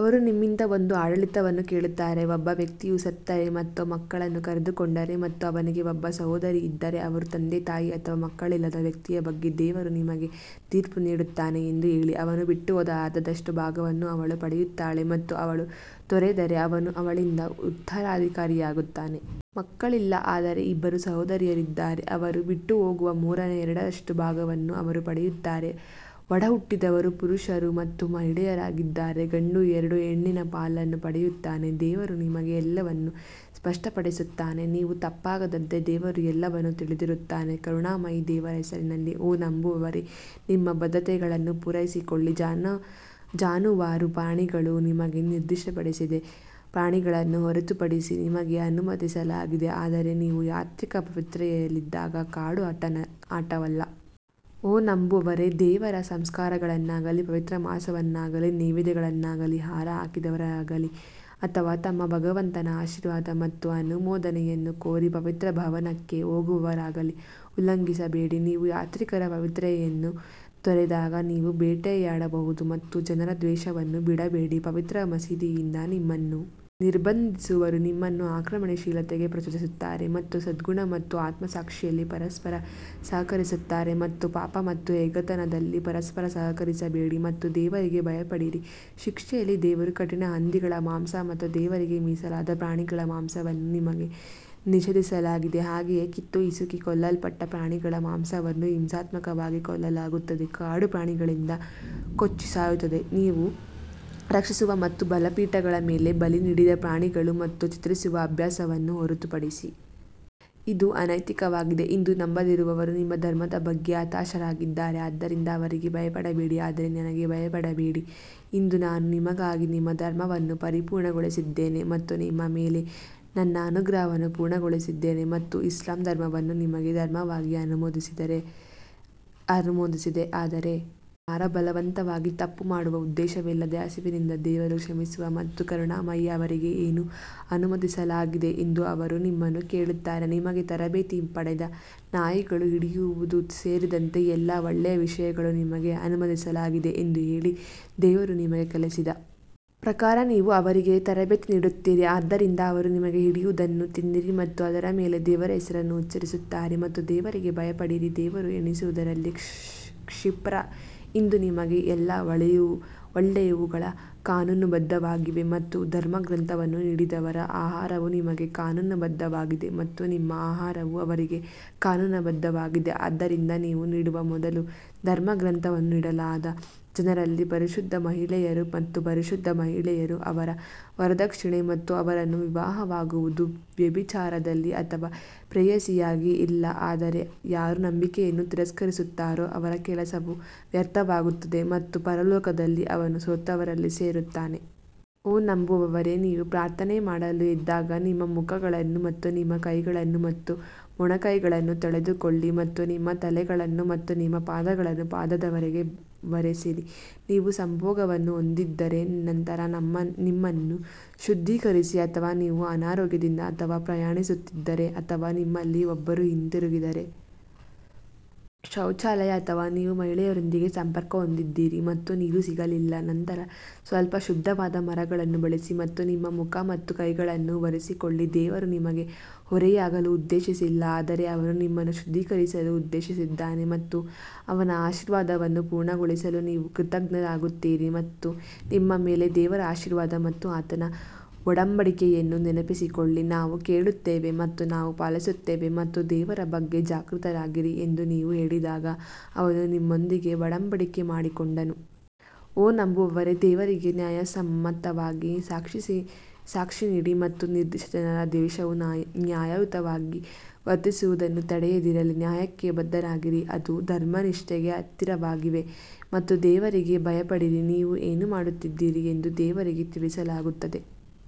ಅವರು ನಿಮ್ಮಿಂದ ಒಂದು ಆಡಳಿತವನ್ನು ಕೇಳುತ್ತಾರೆ, ಒಬ್ಬ ವ್ಯಕ್ತಿಯು ಸತ್ತರೆ ಮತ್ತು ಮಕ್ಕಳನ್ನು ಕಳೆದುಕೊಂಡರೆ ಮತ್ತು ಅವನಿಗೆ ಒಬ್ಬ ಸಹೋದರಿ ಇದ್ದರೆ ಅವನು ತಂದೆತಾಯಿ ಅಥವಾ ಮಕ್ಕಳಿಲ್ಲದ ವ್ಯಕ್ತಿಯ ಬಗ್ಗೆ ದೇವರು ನಿಮಗೆ ತೀರ್ಪು ನೀಡುತ್ತಾನೆ ಎಂದು ಹೇಳಿ, ಅವನು ಬಿಟ್ಟುಹೋದ ಅರ್ಧದಷ್ಟು ಭಾಗವನ್ನು ಅವಳು ಪಡೆಯುತ್ತಾಳೆ ಮತ್ತು ಅವಳು ತೊರೆದರೆ ಅವನು ಅವಳಿಂದ ಉತ್ತರಾಧಿಕಾರಿಯಾಗುತ್ತಾನೆ. ಮಕ್ಕಳಿಲ್ಲ ಆದರೆ ಇಬ್ಬರು ಸಹೋದರಿಯರಿದ್ದರೆ ಅವರು ಬಿಟ್ಟುಹೋಗುವ ಮೂರನೇ ಎರಡರಷ್ಟು ಭಾಗವನ್ನು ಅವರು ಪಡೆಯುತ್ತಾರೆ, ಒಡಹುಟ್ಟಿದವರು ಪುರುಷರು ಮತ್ತು ಮಹಿಳೆಯರಾಗಿದ್ದರೆ ಗಂಡು ಎರಡು ಹೆಣ್ಣಿನ ಪಾಲನ್ನು ಪಡೆಯುತ್ತಾನೆ ದೇವರು ನಿಮಗೆ ಎಲ್ಲವನ್ನೂ ಸ್ಪಷ್ಟಪಡಿಸುತ್ತಾನೆ ನೀವು ತಪ್ಪಾಗದಂತೆ ದೇವರು ಎಲ್ಲವನ್ನೂ ತಿಳಿದಿರುತ್ತಾನೆ ಕರುಣಾಮಯಿ ದೇವರ ಹೆಸರಿನಲ್ಲಿ ಓ ನಂಬುವವರೇ, ನಿಮ್ಮ ಬದ್ಧತೆಗಳನ್ನು ಪೂರೈಸಿಕೊಳ್ಳಿ ಜಾನುವಾರು ಪ್ರಾಣಿಗಳು ನಿಮಗೆ ನಿರ್ದಿಷ್ಟಪಡಿಸಿದ ಪ್ರಾಣಿಗಳನ್ನು ಹೊರತುಪಡಿಸಿ ನಿಮಗೆ ಅನುಮತಿಸಲಾಗಿದೆ ಆದರೆ ನೀವು ಯಾತ್ರಿಕ ಪವಿತ್ರತೆಯಲ್ಲಿದ್ದಾಗ ಕಾಡು ಆಟವಲ್ಲ. ಓ ನಂಬುವವರೇ, ದೇವರ ಸಂಸ್ಕಾರಗಳನ್ನಾಗಲೀ, ಪವಿತ್ರ ಮಾಸವನ್ನಾಗಲೀ, ನೈವೇದ್ಯಗಳನ್ನಾಗಲೀ, ಹಾರ ಹಾಕಿದವರಾಗಲೀ ಅಥವಾ ತಮ್ಮ ಭಗವಂತನ ಆಶೀರ್ವಾದ ಮತ್ತು ಅನುಮೋದನೆಯನ್ನು ಕೋರಿ ಪವಿತ್ರ ಭವನಕ್ಕೆ ಹೋಗುವವರಾಗಲೀ ಉಲ್ಲಂಘಿಸಬೇಡಿ, ನೀವು ಯಾತ್ರಿಕರ ಪವಿತ್ರತೆಯನ್ನು ತೊರೆದಾಗ ನೀವು ಬೇಟೆಯಾಡಬಹುದು ಮತ್ತು ಜನರ ದ್ವೇಷವನ್ನು ಬಿಡಬೇಡಿ. ಪವಿತ್ರ ಮಸೀದಿಯಿಂದ ನಿಮ್ಮನ್ನು ನಿರ್ಬಂಧಿಸಿದವರು ನಿಮ್ಮನ್ನು ಆಕ್ರಮಣಶೀಲತೆಗೆ ಪ್ರಚೋದಿಸುತ್ತಾರೆ ಮತ್ತು ಸದ್ಗುಣ ಮತ್ತು ಆತ್ಮಸಾಕ್ಷಿಯಲ್ಲಿ ಪರಸ್ಪರ ಸಹಕರಿಸುತ್ತಾರೆ ಮತ್ತು ಪಾಪ ಮತ್ತು ಹಗೆತನದಲ್ಲಿ ಪರಸ್ಪರ ಸಹಕರಿಸಬೇಡಿ ಮತ್ತು ದೇವರಿಗೆ ಭಯಪಡಿರಿ ಶಿಕ್ಷೆಯಲ್ಲಿ ದೇವರು ಕಠಿಣ ಹಂದಿಗಳ ಮಾಂಸ ಮತ್ತು ದೇವರಿಗೆ ಮೀಸಲಾದ ಪ್ರಾಣಿಗಳ ಮಾಂಸವನ್ನು ನಿಮಗೆ ನಿಷೇಧಿಸಲಾಗಿದೆ, ಹಾಗೆಯೇ ಕತ್ತು ಹಿಸುಕಿ ಕೊಲ್ಲಲ್ಪಟ್ಟ ಪ್ರಾಣಿಗಳ ಮಾಂಸವನ್ನು ಹಿಂಸಾತ್ಮಕವಾಗಿ ಕೊಲ್ಲಲಾಗುತ್ತದೆ, ಕಾಡು ಪ್ರಾಣಿಗಳಿಂದ ಕೊಚ್ಚಿ ಸಾಯುತ್ತದೆ, ನೀವು ರಕ್ಷಿಸುವ ಮತ್ತು ಬಲಿಪೀಠಗಳ ಮೇಲೆ ಬಲಿ ನೀಡಿದ ಪ್ರಾಣಿಗಳು ಮತ್ತು ಚಿತ್ರಿಸುವ ಅಭ್ಯಾಸವನ್ನು ಹೊರತುಪಡಿಸಿ. ಇದು ಅನೈತಿಕವಾಗಿದೆ ಇಂದು ನಂಬದಿರುವವರು ನಿಮ್ಮ ಧರ್ಮದ ಬಗ್ಗೆ ಹತಾಶರಾಗಿದ್ದಾರೆ ಆದ್ದರಿಂದ ಅವರಿಗೆ ಭಯಪಡಬೇಡಿ ಆದರೆ ನನಗೆ ಭಯಪಡಬೇಡಿ ಇಂದು ನಾನು ನಿಮಗಾಗಿ ನಿಮ್ಮ ಧರ್ಮವನ್ನು ಪರಿಪೂರ್ಣಗೊಳಿಸಿದ್ದೇನೆ ಮತ್ತು ನಿಮ್ಮ ಮೇಲೆ ನನ್ನ ಅನುಗ್ರಹವನ್ನು ಪೂರ್ಣಗೊಳಿಸಿದ್ದೇನೆ ಮತ್ತು ಇಸ್ಲಾಂ ಧರ್ಮವನ್ನು ನಿಮಗೆ ಧರ್ಮವಾಗಿ ಅನುಮೋದಿಸಿದೆ ಆದರೆ ಯಾರೇ ಬಲವಂತವಾಗಿ ತಪ್ಪು ಮಾಡುವ ಉದ್ದೇಶವಿಲ್ಲದೆ ಹಸಿವಿನಿಂದ ದೇವರು ಕ್ಷಮಿಸುವ ಮತ್ತು ಕರುಣಾಮಯಿ ಅವರಿಗೆ ಏನು ಅನುಮತಿಸಲಾಗಿದೆ ಎಂದು ಅವರು ನಿಮ್ಮನ್ನು ಕೇಳುತ್ತಾರೆ, ನಿಮಗೆ ತರಬೇತಿ ಪಡೆದ ನಾಯಿಗಳು ಹಿಡಿಯುವುದು ಸೇರಿದಂತೆ ಎಲ್ಲಾ ಒಳ್ಳೆಯ ವಿಷಯಗಳು ನಿಮಗೆ ಅನುಮತಿಸಲಾಗಿದೆ ಎಂದು ಹೇಳಿ, ದೇವರು ನಿಮಗೆ ಕಲಿಸಿದ ಪ್ರಕಾರ ನೀವು ಅವರಿಗೆ ತರಬೇತಿ ನೀಡುತ್ತೀರಿ ಆದ್ದರಿಂದ ಅವರು ನಿಮಗೆ ಹಿಡಿಯುವದನ್ನು ತಿನ್ನಿರಿ ಮತ್ತು ಅದರ ಮೇಲೆ ದೇವರ ಹೆಸರನ್ನು ಉಚ್ಚರಿಸುತ್ತಾರೆ ಮತ್ತು ದೇವರಿಗೆ ಭಯಪಡಿರಿ ದೇವರು ಎಣಿಸುವುದರಲ್ಲಿ ಕ್ಷಿಪ್ರ ಇಂದು ನಿಮಗೆ ಎಲ್ಲಾ ಒಳ್ಳೆಯವುಗಳು ಕಾನೂನುಬದ್ಧವಾಗಿವೆ ಮತ್ತು ಧರ್ಮಗ್ರಂಥವನ್ನು ನೀಡಿದವರ ಆಹಾರವು ನಿಮಗೆ ಕಾನೂನುಬದ್ಧವಾಗಿದೆ ಮತ್ತು ನಿಮ್ಮ ಆಹಾರವು ಅವರಿಗೆ ಕಾನೂನುಬದ್ಧವಾಗಿದೆ ಆದ್ದರಿಂದ ನೀವು ನೀಡುವ ಮೊದಲು ಧರ್ಮಗ್ರಂಥವನ್ನು ನೀಡಲಾದ ಜನರಲ್ಲಿ ಪರಿಶುದ್ಧ ಮಹಿಳೆಯರು ಮತ್ತು ಪರಿಶುದ್ಧ ಮಹಿಳೆಯರು ಅವರ ವರದಕ್ಷಿಣೆ ಮತ್ತು ಅವರನ್ನು ವಿವಾಹವಾಗುವುದು ವ್ಯಭಿಚಾರದಲ್ಲಿ ಅಥವಾ ಪ್ರೇಯಸಿಯಾಗಿ ಅಲ್ಲ ಆದರೆ ಯಾರು ನಂಬಿಕೆಯನ್ನು ತಿರಸ್ಕರಿಸುತ್ತಾರೋ ಅವರ ಕೆಲಸವು ವ್ಯರ್ಥವಾಗುತ್ತದೆ ಮತ್ತು ಪರಲೋಕದಲ್ಲಿ ಅವನು ಸೋತವರಲ್ಲಿ ಸೇರುತ್ತಾನೆ. ಓ ನಂಬುವವರೇ, ನೀವು ಪ್ರಾರ್ಥನೆ ಮಾಡಲು ಎದ್ದಾಗ ನಿಮ್ಮ ಮುಖಗಳನ್ನು ಮತ್ತು ನಿಮ್ಮ ಕೈಗಳನ್ನು ಮತ್ತು ಮೊಣಕೈಗಳನ್ನು ತೊಳೆದುಕೊಳ್ಳಿ ಮತ್ತು ನಿಮ್ಮ ತಲೆಗಳನ್ನು ಮತ್ತು ನಿಮ್ಮ ಪಾದಗಳನ್ನು ಪಾದದವರೆಗೆ ಒರೆಸಿರಿ, ನೀವು ಸಂಭೋಗವನ್ನು ಹೊಂದಿದ್ದರೆ ನಂತರ ನಿಮ್ಮನ್ನು ಶುದ್ಧೀಕರಿಸಿ ಅಥವಾ ನೀವು ಅನಾರೋಗ್ಯದಿಂದ ಅಥವಾ ಪ್ರಯಾಣಿಸುತ್ತಿದ್ದರೆ ಅಥವಾ ನಿಮ್ಮಲ್ಲಿ ಒಬ್ಬರು ಹಿಂತಿರುಗಿದರೆ. ಶೌಚಾಲಯ ಅಥವಾ ನೀವು ಮಹಿಳೆಯರೊಂದಿಗೆ ಸಂಪರ್ಕ ಹೊಂದಿದ್ದೀರಿ ಮತ್ತು ನೀರು ಸಿಗಲಿಲ್ಲ ನಂತರ ಸ್ವಲ್ಪ ಶುದ್ಧವಾದ ಮರಳನ್ನು ಬಳಸಿ ಮತ್ತು ನಿಮ್ಮ ಮುಖ ಮತ್ತು ಕೈಗಳನ್ನು ಒರೆಸಿಕೊಳ್ಳಿ ದೇವರು ನಿಮಗೆ ಹೊರೆಯಾಗಲು ಉದ್ದೇಶಿಸಿಲ್ಲ ಆದರೆ ಅವನು ನಿಮ್ಮನ್ನು ಶುದ್ಧೀಕರಿಸಲು ಉದ್ದೇಶಿಸಿದ್ದಾನೆ ಮತ್ತು ಅವನ ಆಶೀರ್ವಾದವನ್ನು ಪೂರ್ಣಗೊಳಿಸಲು ನೀವು ಕೃತಜ್ಞರಾಗಿರುತ್ತೀರಿ ಮತ್ತು ನಿಮ್ಮ ಮೇಲೆ ದೇವರ ಆಶೀರ್ವಾದ ಮತ್ತು ಆತನ ಒಡಂಬಡಿಕೆಯನ್ನು ನೆನಪಿಸಿಕೊಳ್ಳಿ, ನಾವು ಕೇಳುತ್ತೇವೆ ಮತ್ತು ನಾವು ಪಾಲಿಸುತ್ತೇವೆ ಮತ್ತು ದೇವರ ಬಗ್ಗೆ ಜಾಗೃತರಾಗಿರಿ ಎಂದು ನೀವು ಹೇಳಿದಾಗ ಅವನು ನಿಮ್ಮೊಂದಿಗೆ ಒಡಂಬಡಿಕೆ ಮಾಡಿಕೊಂಡನು. ಓ ನಂಬುವವರೇ, ದೇವರಿಗೆ ನ್ಯಾಯಸಮ್ಮತವಾಗಿ ಸಾಕ್ಷಿನೀಡಿ ಮತ್ತು ನಿರ್ದಿಷ್ಟ ಜನರ ದ್ವೇಷವು ನ್ಯಾಯಯುತವಾಗಿ ವರ್ತಿಸುವುದನ್ನು ತಡೆಯದಿರಲಿ, ನ್ಯಾಯಕ್ಕೆ ಬದ್ಧರಾಗಿರಿ ಅದು ಧರ್ಮನಿಷ್ಠೆಗೆ ಹತ್ತಿರವಾಗಿದೆ ಮತ್ತು ದೇವರಿಗೆ ಭಯಪಡಿರಿ ನೀವು ಏನು ಮಾಡುತ್ತಿದ್ದೀರಿ ಎಂದು ದೇವರಿಗೆ ತಿಳಿಸಲಾಗುತ್ತದೆ.